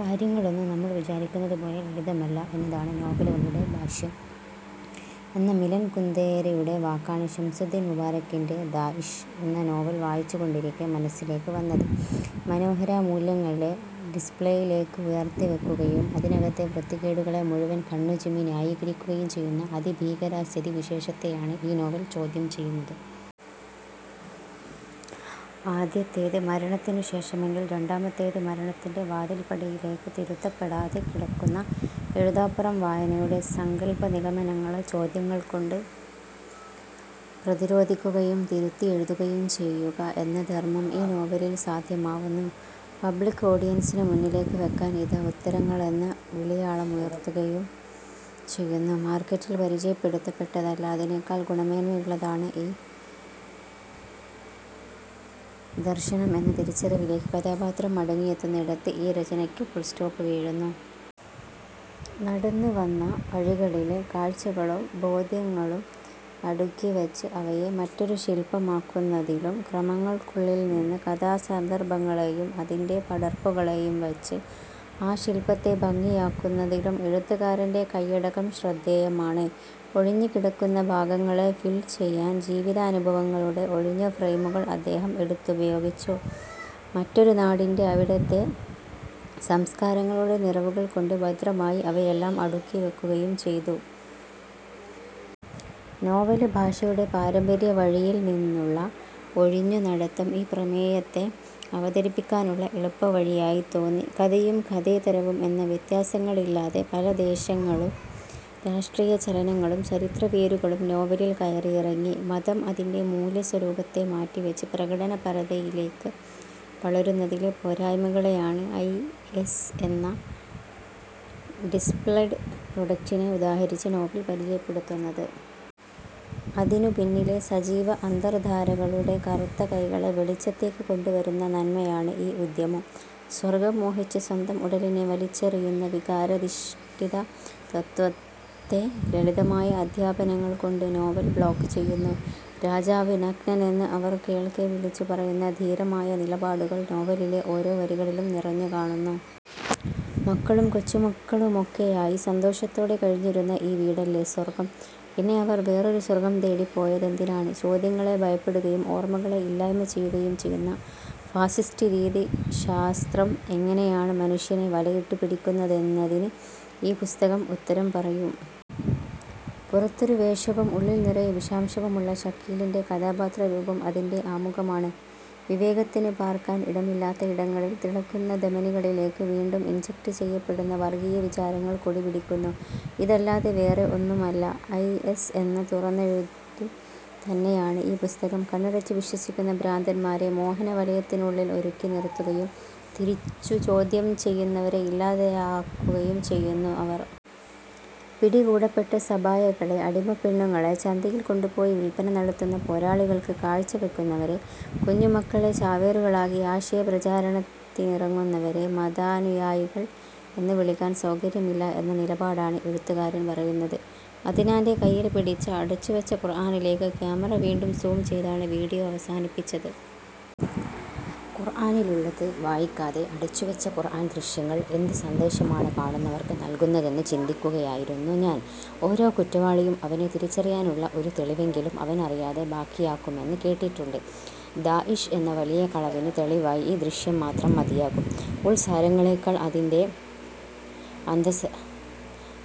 കാര്യങ്ങളൊന്നും നമ്മൾ വിചാരിക്കുന്നതുപോലെ ലളിതമല്ല എന്നതാണ് നോവലുകളുടെ ഭാഷ്യം എന്ന മിലൻ കുന്ദേരയുടെ വാക്കാണ് ശംസുദ്ദീൻ മുബാറക്കിന്റെ ' ദാഇശ് ' എന്ന നോവൽ വായിച്ചുകൊണ്ടിരിക്കേ മനസ്സിലേക്ക് വന്നത്. മനോഹര മൂല്യങ്ങളെ ഡിസ്പ്ലേയിലേക്ക് ഉയർത്തിവയ്ക്കുകയും, അതിനകത്തെ വൃത്തികേടുകളെ മുഴുവൻ കണ്ണുചിമ്മി ന്യായീകരിക്കുകയും ചെയ്യുന്ന അതിഭീകര സ്ഥിതിവിശേഷത്തെയാണ് ഈ നോവൽ ചോദ്യം ചെയ്യുന്നത്. ആദ്യത്തേത് മരണത്തിനു ശേഷമെങ്കിൽ, രണ്ടാമത്തേത് മരണത്തിന്റെ വാതിൽപ്പടിയിലേക്ക് തിരുത്തപ്പെടാതെ കിടക്കുന്ന എഴുതാപ്പുറം വായനയുടെ സങ്കൽപ്പ നിഗമനങ്ങളെ ചോദ്യങ്ങൾ കൊണ്ട് പ്രധിരോധിക്കുകയും തിരുത്തിയെഴുതുകയും ചെയ്യുക എന്ന ധർമ്മം ഈ നോവലിൽ സാധ്യമാവുന്നു. പബ്ലിക് ഓഡിയൻസിന് മുന്നിലേക്ക് വെക്കാൻ ഇതാ ഉത്തരങ്ങളെന്ന വിളിയാളമുയർത്തുകയും ചെയ്യുന്നു. മാർക്കറ്റിൽ പരിചയപ്പെടുത്തപ്പെട്ടതല്ല, അതിനേക്കാൾ ഗുണമേന്മയുള്ളതാണ് ഈ ദർശനം എന്ന തിരിച്ചറിവിലേക്ക് കഥാപാത്രം മടങ്ങിയെത്തുന്നിടത്ത് ഈ രചനയ്ക്ക് ഫുൾസ്റ്റോപ്പ് വീഴുന്നു. നടന്നുവന്ന വഴികളിലെ കാഴ്ചകളും ബോധ്യങ്ങളും അടുക്കിവച്ച് അവയെ മറ്റൊരു ശിൽപമാക്കുന്നതിലും, ക്രമങ്ങൾക്കുള്ളിൽനിന്ന് കഥാ സന്ദർഭങ്ങളെയും അതിന്റെ പടർപ്പുകളെയും വച്ച് ആ ശിൽപ്പത്തെ ഭംഗിയാക്കുന്നതിലും എഴുത്തുകാരന്റെ കയ്യടക്കം ശ്രദ്ധേയമാണ്. ഒഴിഞ്ഞുകിടക്കുന്ന ഭാഗങ്ങളെ ഫിൽ ചെയ്യാൻ ജീവിതാനുഭവങ്ങളുടെ ഒഴിഞ്ഞ ഫ്രെയിമുകൾ അദ്ദേഹം എടുത്തുപയോഗിച്ചു. മറ്റൊരു നാടിന്റെ, അവിടത്തെ സംസ്കാരങ്ങളുടെ നിറവുകൾ കൊണ്ട് ഭദ്രമായി അവയെല്ലാം അടുക്കിവയ്ക്കുകയും ചെയ്തു. നോവൽ ഭാഷയുടെ പാരമ്പര്യ വഴിയിൽനിന്നുള്ള ഒഴിഞ്ഞു നടത്തം ഈ പ്രമേയത്തെ അവതരിപ്പിക്കാനുള്ള എളുപ്പ വഴിയായി തോന്നി. കഥയും കഥേതരവും എന്ന വ്യത്യാസങ്ങളില്ലാതെ പല ദേശങ്ങളും രാഷ്ട്രീയ ചലനങ്ങളും ചരിത്ര വേരുകളും നോവലിൽ കയറിയിറങ്ങി. മതം, അതിന്റെ മൂല്യ സ്വരൂപത്തെ മാറ്റിവച്ച് പ്രകടനപരതയിലേക്ക് വളരുന്നതിലെ പോരായ്മകളെയാണ് ഐഎസ് എന്ന ഡിസ്പ്ലെഡ് പ്രൊഡക്ടിനെ ഉദാഹരിച്ച് നോവൽ പരിചയപ്പെടുത്തുന്നത്. അതിനു പിന്നിലെ സജീവ അന്തർധാരകളുടെ കറുത്ത കൈകളെ വെളിച്ചത്തേക്ക് കൊണ്ടുവരുന്ന നന്മയാണ് ഈ ഉദ്യമം. സ്വർഗം മോഹിച്ച് സ്വന്തം ഉടലിനെ വലിച്ചെറിയുന്ന വികാരാധിഷ്ഠിത തത്വത്തെ ലളിതമായ അധ്യാപനങ്ങൾ കൊണ്ട് നോവൽ ബ്ലോക്ക് ചെയ്യുന്നു. രാജാവ് നഗ്നനെന്ന് അവർ കേൾക്കെ വിളിച്ചു പറയുന്ന ധീരമായ നിലപാടുകൾ നോവലിലെ ഓരോ വരികളിലും നിറഞ്ഞു കാണുന്നു. '' മക്കളും കൊച്ചുമക്കളുമൊക്കെയായി സന്തോഷത്തോടെ കഴിഞ്ഞിരുന്ന ഈ വീടല്ലേ സ്വർഗം. പിന്നെ അവർ വേറൊരു സ്വർഗം തേടി പോയതെന്തിനാണ്? '' ചോദ്യങ്ങളെ ഭയപ്പെടുകയും, ഓർമ്മകളെ ഇല്ലായ്മ ചെയ്യുകയും ചെയ്യുന്ന ഫാസിസ്റ്റ് രീതിശാസ്ത്രം എങ്ങനെയാണ് മനുഷ്യനെ വലയിട്ടു പിടിക്കുന്നതെന്നതിന് ഈ പുസ്തകം ഉത്തരം പറയും. പുറത്തൊരു വേഷവും ഉള്ളിൽ നിറയെ വിഷാംശവുമുള്ള ഷക്കീലിന്റെ കഥാപാത്രരൂപം അതിന്റെ ആമുഖമാണ്. വിവേകത്തിന് പാർക്കാൻ ഇടമില്ലാത്ത ഇടങ്ങളിൽ, തിളയ്ക്കുന്ന ധമനികളിലേക്ക് വീണ്ടും ഇൻജെക്റ്റ് ചെയ്യപ്പടുന്ന വർഗീയ വിചാരങ്ങൾ കൊടിപിടിക്കുന്നു. ഇതല്ലാതെ വേറെ ഒന്നുമല്ല ഐഎസ് എന്ന തുറന്നെഴുതു തന്നെയാണ് ഈ പുസ്തകം. കണ്ണടച്ചു വിശ്വസിക്കുന്ന ഭ്രാന്തന്മാരെ മോഹന വലയത്തിനുള്ളിൽ ഒരുക്കി നിർത്തുകയും, തിരിച്ചു ചോദ്യം ചെയ്യുന്നവരെ ഇല്ലാതെയാക്കുകയും ചെയ്യുന്നു അവർ. പിടികൂടപ്പെട്ട സബായകളെ- അടിമപ്പെണ്ണുങ്ങളെ- ചന്തയിൽ കൊണ്ടുപോയി വിൽപ്പന നടത്തുന്ന, പോരാളികൾക്ക് കാഴ്ചവയ്ക്കുന്നവരെ, കുഞ്ഞുമക്കളെ ചാവേറുകളാക്കി ആശയ പ്രചാരണത്തിനിറങ്ങുന്നവരെ മതാനുയായികൾ എന്ന് വിളിക്കാൻ സൗകര്യമില്ല എന്ന നിലപാടാണ് എഴുത്തുകാരൻ പറയുന്നത്. '' അദ്നാന്റെ കയ്യിൽ പിടിച്ച അടച്ചുവച്ച ഖുർആനിലേക്ക് ക്യാമറ വീണ്ടും സൂം ചെയ്താണ് വീഡിയോ അവസാനിപ്പിച്ചത്. ഖുർആനിലുള്ളത് വായിക്കാതെ അടച്ചുവച്ച ഖുർആൻ ദൃശ്യങ്ങൾ എന്ത് സന്ദേശമാണ് കാണുന്നവർക്ക് നൽകുന്നതെന്ന് ചിന്തിക്കുകയായിരുന്നു ഞാൻ. ഓരോ കുറ്റവാളിയും അവനെ തിരിച്ചറിയാനുള്ള ഒരു തെളിവെങ്കിലും അവനറിയാതെ ബാക്കിയാക്കുമെന്ന് കേട്ടിട്ടുണ്ട്. ദാഇശ് എന്ന വലിയ കളവിന് തെളിവായി ഈ ദൃശ്യം മാത്രം മതിയാകും '' ഉൾസാരങ്ങളെക്കാൾ, അതിന്റെ അന്തസ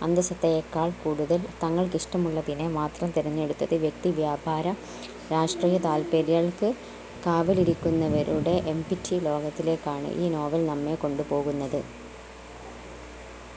അന്തസത്തയേക്കാൾ കൂടുതൽ, തങ്ങൾക്കിഷ്ടമുള്ളതിനെ മാത്രം തിരഞ്ഞെടുത്തത് വ്യക്തി വ്യാപാര രാഷ്ട്രീയ താല്പര്യൾക്ക് കാവലിരിക്കുന്നവരുടെ എംപ്റ്റി ലോകത്തിലേക്കാണ് ഈ നോവൽ നമ്മെ കൊണ്ടുപോകുന്നത്.